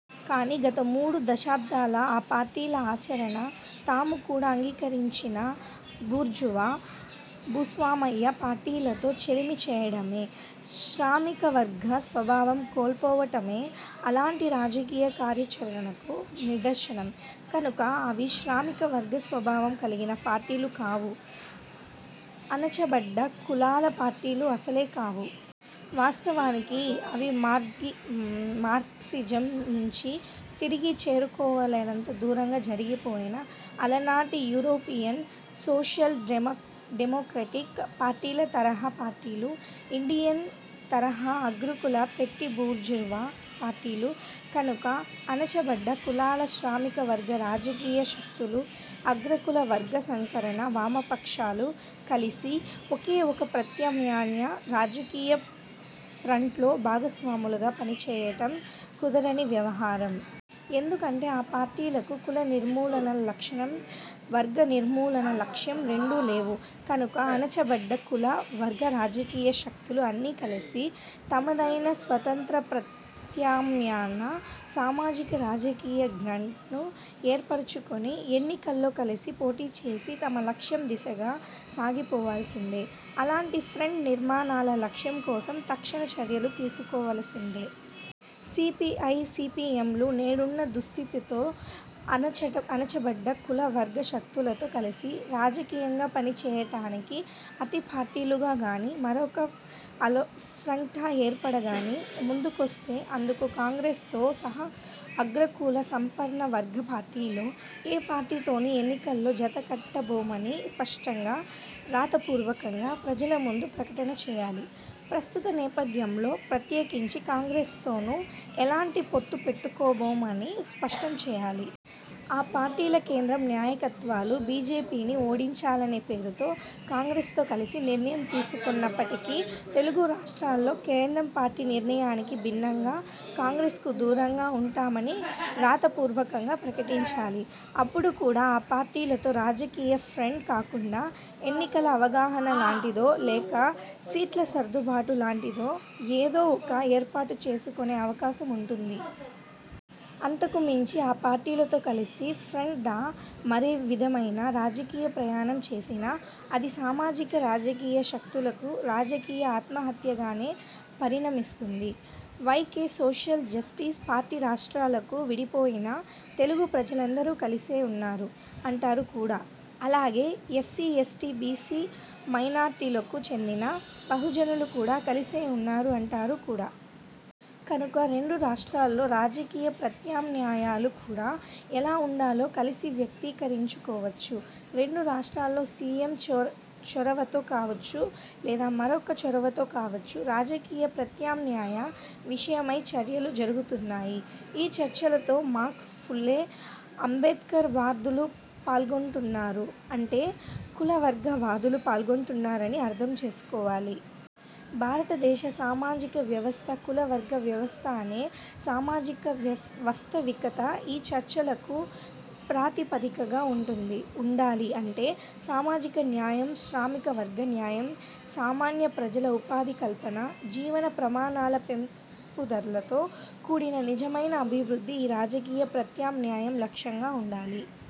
కానీ, గత మూడు దశాబ్దాల ఆ పార్టీల ఆచరణ, తాము కూడా అంగీకరించిన బూర్జువా, భూస్వామ్య పార్టీలతో చెలిమి చేయడమే. శ్రామికవర్గ స్వభావం కోల్పోవటమే అలాంటి రాజకీయ కార్యాచరణకు నిదర్శనం. కనుక, అవి శ్రామిక వర్గ స్వభావం కలిగిన పార్టీలు కావు. అణచబడ్డ కులాల పార్టీలు అసలే కావు. వాస్తవానికి, అవి మార్క్సిజం నుంచి తిరిగి చేరుకోలేనంత దూరంగా జరిగిపోయిన అలనాటి యూరోపియన్ 'సోషల్ డెమోక్రాటిక్' పార్టీల తరహా పార్టీలు. ఇండియన్ తరహా అగ్రకుల పెటీబూర్జువా పార్టీలు. కనుక, అణచబడ్డ కులాల శ్రామికవర్గ రాజకీయ శక్తులూ, అగ్రకుల వర్గ సంకర వామపక్షాలూ కలిసి ఒకే ఒక ప్రత్యామ్నాయ రాజకీయ ఫ్రంట్లో భాగస్వాములుగా పనిచేయడం కుదరని వ్యవహారం. ఎందుకంటే, ఆ పార్టీలకు కుల నిర్మూలనా లక్ష్యం, వర్గ నిర్మూలనా లక్ష్యం రెండూ లేవు. కనుక అణచబడ్డ కుల–వర్గ రాజకీయ శక్తులు అన్నీ కలిసి, తమదైన స్వతంత్ర ప్రత్యామ్నాయ సామాజిక రాజకీయ ఫ్రంట్ను ఏర్పరచుకొని ఎన్నికల్లో కలిసి పోటీచేసి తమ లక్ష్యం దిశగా సాగిపోవాల్సిందే. అలాంటి ఫ్రంట్ నిర్మాణ లక్ష్యం కోసం తక్షణ చర్యలు తీసుకోవలసిందే. సీపీఐ, సీపీఎంలు నేడున్న దుస్థితిలో అణచబడ్డ కుల–వర్గ శక్తులతో కలిసి రాజకీయంగా పనిచెయ్యటానికి, అవి పార్టీలుగా గానీ, మరొక ఫ్రంట్గా ఏర్పడిగానీ, ముందుకొస్తే, అందుకు కాంగ్రెస్తో సహా, అగ్రకులాల సంపన్నవర్గ పార్టీల్లో ఏ పార్టీతోనూ ఎన్నికల్లో జతకట్టబోమని స్పష్టంగా, రాతపూర్వకంగా ప్రజలముందు ప్రకటన చెయ్యాలి. ప్రస్తుత నేపథ్యంలో, ప్రత్యేకించి కాంగ్రెస్తోనూ, ఎలాంటి పొత్తు పెట్టుకోబోమని స్పష్టంచెయ్యాలి. ఆ పార్టీల కేంద్ర నాయకత్వాలు బీజేపీని ఓడించాలనే పేరుతో కాంగ్రెస్తో కలిసే నిర్ణయం తీసుకొన్నప్పటికీ, తెలుగు రాష్ట్రాల్లో కేంద్ర పార్టీ నిర్ణయానికి భిన్నంగా, కాంగ్రెస్కు దూరంగా వుంటామని రాతపూర్వకంగా ప్రకటించాలి. అప్పుడు కూడా, ఆ పార్టీలతో రాజకీయఫ్రంట్ కాకుండా, ఎన్నికల అవగాహన లాంటిదో, లేక, సీట్లసర్దుబాటు లాంటిదో ఏదో ఒక ఏర్పాటుచేసుకొనే అవకాశం వుంటుంది. అంతకుమించి ఆ పార్టీలతో కలిసి ఫ్రంట్గా, మరే విధమైన రాజకీయ ప్రయాణం చేసినా, అది సామాజిక రాజకీయ శక్తులకు రాజకీయ ఆత్మహత్యగానే పరిణమిస్తుంది. Y. K. Social justice party రాష్ట్రాలుగా విడిపోయినా, తెలుగు ప్రజలందరూ కలిసే ఉన్నారు, ఉంటారు కూడా. అలాగే, ఎస్సీ, ఎస్టీ, బీసీ, మైనార్టీలకు చెందిన బహుజనులు కూడా కలిసే ఉన్నారు, ఉంటారు కూడా. కనుక, రెండు రాష్ట్రాల్లో రాజకీయ ప్రత్యామ్నాయాలు కూడా ఎలా వుండాలో కలిసి వ్యక్తీకరించుకోవచ్చు. రెండు రాష్ట్రాల్లో సీపీఎం చొరవతో కావొచ్చు, లేదా మరొకరి చొరవతో కావచ్చు రాజకీయ ప్రత్యామ్నాయ విషయమై చర్చలు జరుగుతున్నాయి. ఈ చర్చల్లో మార్క్స్, ఫూలే– అంబేద్కర్ వాదులు పాల్గొంటొన్నారు. అంటే, కుల-వర్గ వాదులు పాల్గొంటున్నారు అని అర్థం చేసుకోవాలి. భారతదేశ సామాజిక వ్యవస్థ కుల-వర్గ వ్యవస్థ అనే సామాజిక వాస్తవికత ఈ చర్చలకు ప్రాతిపదికగా వుంటుంది. ఉండాలి. అంటే, సామాజిక న్యాయం, శ్రామిక వర్గ న్యాయం, సామాన్య ప్రజల ఉపాధి కల్పన, జీవన ప్రమాణాల పెంపుదలతో కూడిన నిజమైన అభివృద్ధి ఈ రాజకీయ ప్రత్యామ్నాయం లక్ష్యంగా వుండాలి.